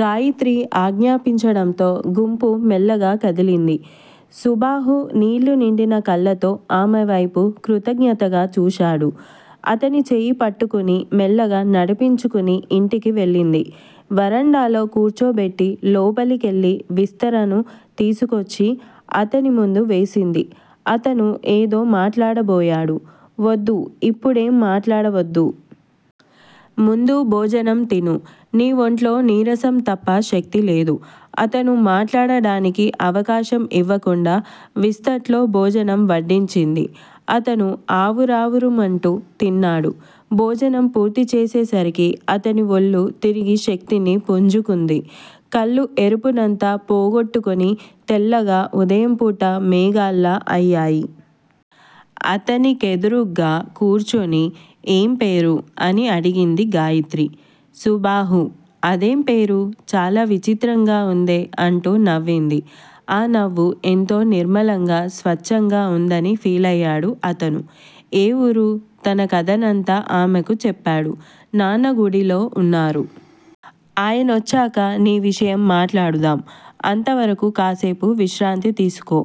గాయత్రి ఆజ్ఞాపించడంతో గుంపు మెల్లగా కదిలింది. సుబాహు నీళ్ళు నిండిన కళ్ళతో ఆమెవైపు కృతజ్ఞతగా చూశాడు. అతని చేయి పట్టుకుని మెల్లగా నడిపించుకుని ఇంటికి వెళ్ళింది. వరండాలో కూర్చోబెట్టి లోపలికెళ్ళి విస్తరను తీసుకొచ్చి అతను ముందు వేసింది. అతను ఏదో మాట్లాడబోయాడు. ఒద్దు. ఇప్పుడేం మాట్లాడవద్దు. ముందు భోజనం తిను. నీ ఒంట్లో నీరసం తప్ప శక్తిలేదు. అతను మాట్లాడడానికి అవకాశం ఇవ్వకుండా విస్తట్లో భోజనం వడ్డించింది. అతను ఆవురావురుమంటూ తిన్నాడు. భోజనం పూర్తి చేసేసరికి అతని ఒళ్ళు తిరిగి శక్తిని పుంజుకుంది. కళ్ళు ఎరుపునంతా పోగొట్టుకుని తెల్లగా ఉదయంపూట మేఘాల్లా అయ్యాయి. అతని కెదురుగ్గా కూర్చుని ఏం పేరు? అని అడిగింది గాయత్రి. సుబాహు అదేం పేరు? చాలా విచిత్రంగా వుందే అంటూ నవ్వింది. ఆ నవ్వు ఎంతో నిర్మలంగా, స్వచ్చంగా వుందని ఫీలయ్యాడు అతను. ఏ వూరు? తన కథనంతా ఆమెకు చెప్పాడు. నాన్న గుడిలో వున్నారు. ఆయనొచ్చాక నీ విషయం మాట్లాడుదాం అంతవరకు కాసేపు విశ్రాంతి తీసుకో.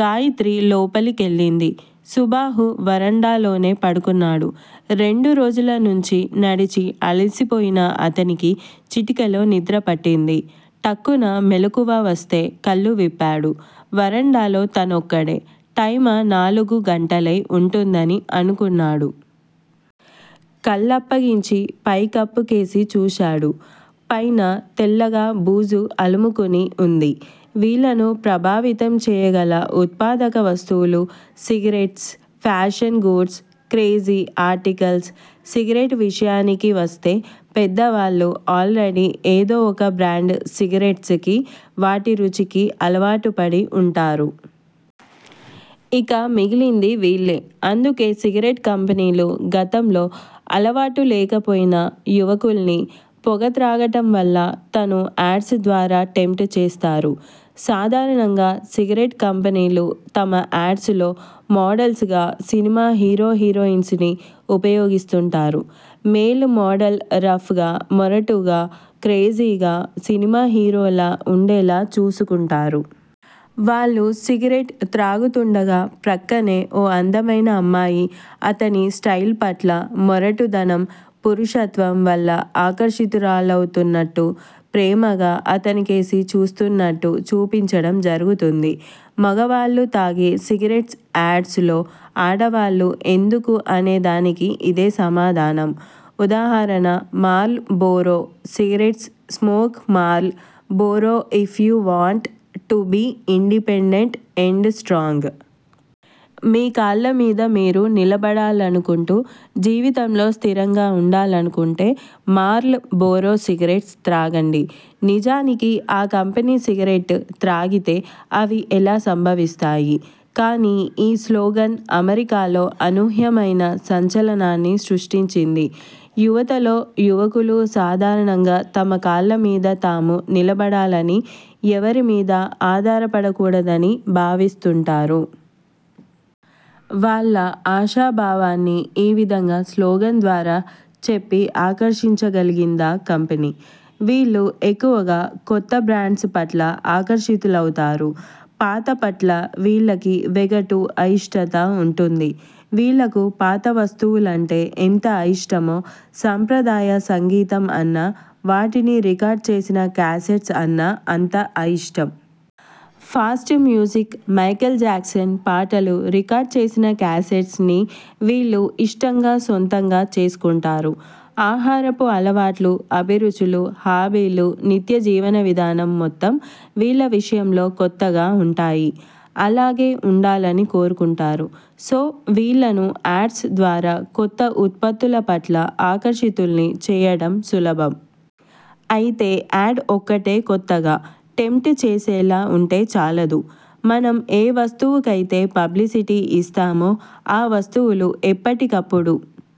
గాయత్రి లోపలి కెళ్లింది. సుబాహు వరండాలోనే పడుకున్నాడు. రెండు రోజుల నుంచి నడిచి అలసిపోయిన అతనికి చిటికెలో నిద్రపట్టింది. ఠక్కున మెలకువ వస్తే కళ్ళు విప్పాడు. వరండాలో తనొక్కడే. టైమ నాలుగు గంటలై వుంటుందని అనుకున్నాడు. కళ్ళప్పగించి, పై కప్పుకేసి చూశాడు. పైన తెల్లగా బూజు అలుముకుని వుంది. వీళ్ళను ప్రభావితం చేయగల ఉత్పాదక వస్తువులు cigarettes, fashion goods, crazy articles cigarette విషయానికి వస్తే పెద్దవాళ్ళు ఆల్ రెడీ ఏదో ఒక బ్రాండ్ సిగరెట్స్ కి, వాటి రుచికి అలవాటుపడి వుంటారు. ఇక మిగిలింది వీళ్ళే. అందుకే సిగరెట్ కంపెనీలు గతంలో అలవాటు లేకపోయినా యువకుల్ని పొగ త్రాగటంవల్ల తను యాడ్స్ ద్వారా టెంప్ట్ చేస్తారు. సాధారణంగా సిగరెట్ కంపెనీలు తమ యాడ్స్ లో మోడల్స్ గా సినిమా హీరో హీరోయిన్స్ ని ఉపయోగిస్తుంటారు. మేల్ మోడల్ రఫ్ గా, మొరటుగా, క్రేజీగా, సినిమా హీరోలా వుండేలా చూసుకుంటారు. వాళ్ళు సిగరెట్ త్రాగుతుండగా ప్రక్కనే ఓ అందమైన అమ్మాయి అతని స్టయిల్ పట్ల, మొరటుదనం, పురుషత్వం వల్ల ఆకర్షితురాలవుతున్నట్టు, ప్రేమగా అతనికేసి చూస్తున్నట్టు చూపించటం జరుగుతుంది. మగవాళ్ళు తాగే సిగరెట్స్ యాడ్స్ లో ఆడవాల్లు ఎందుకు అనే దానికి ఇదే సమాధానం. ఉదాహరణ- Marlboro cigarettes smoke Marlboro if you want to be independent and strong. మీ కాళ్ళమీద మీరు నిలబడాలనుకుంటూ, జీవితంలో స్థిరంగా వుండాలనుకుంటే మార్ల్ బోరో సిగరెట్స్ త్రాగండి. నిజానికి ఆ కంపెనీ సిగరెట్ త్రాగితే అవి ఎలా సంభవిస్తాయి? కాని ఈ స్లోగన్ అమెరికాలో అనూహ్యమైన సంచలనాన్ని సృష్టించింది యువతలో. యువకులు సాధారణంగా తమ కాళ్ళమీద తాము నిలబడాలని, ఎవరిమీదా ఆధారపడకూడదని భావిస్తుంటారు. వాళ్ళ ఆశాభావాన్ని యీ విధంగా స్లోగన్ ద్వారా చెప్పి ఆకర్షించగలిగిందా కంపెనీ. వీళ్ళు ఎక్కువగా కొత్త బ్రాండ్స్ పట్ల ఆకర్షితులవుతారు. పాతపట్ల వీళ్ళకు వెగటు, అయిష్టత వుంటుంది. వీళ్ళకు పాత వస్తువులంటే ఎంత అయిష్టమో, సంప్రదాయ సంగీతం అన్నా వాటిని రికార్డ్ చేసిన క్యాసెట్స్ అన్నా అంత అయిష్టం. ఫాస్ట్ మ్యూజిక్, మైకేల్ జాక్సన్ పాటలు రికార్డ్ చేసిన క్యాసెట్స్ ని వీళ్ళు ఇష్టంగా, సొంతంగా చేసుకుంటారు. ఆహారపు అలవాట్లు, అభిరుచులు, హాబీలు, నిత్య జీవన విధానం మొత్తం వీళ్ళ విషయంలో కొత్తగా వుంటాయి. అలాగే వుండాలని కోరుకుంటారు. సో వీళ్ళను యాడ్స్ ద్వారా కొత్త ఉత్పత్తులపట్ల ఆకర్షితుల్ని చేయడం సులభం. అయితే యాడ్ ఒక్కటే కొత్తగా, టెంప్ట్ చేసేలా వుంటేచాలదు. మనం ఏ వస్తువుకయితే పబ్లిసిటీ యిస్తామో ఆ వస్తువులు ఎప్పటికప్పుడు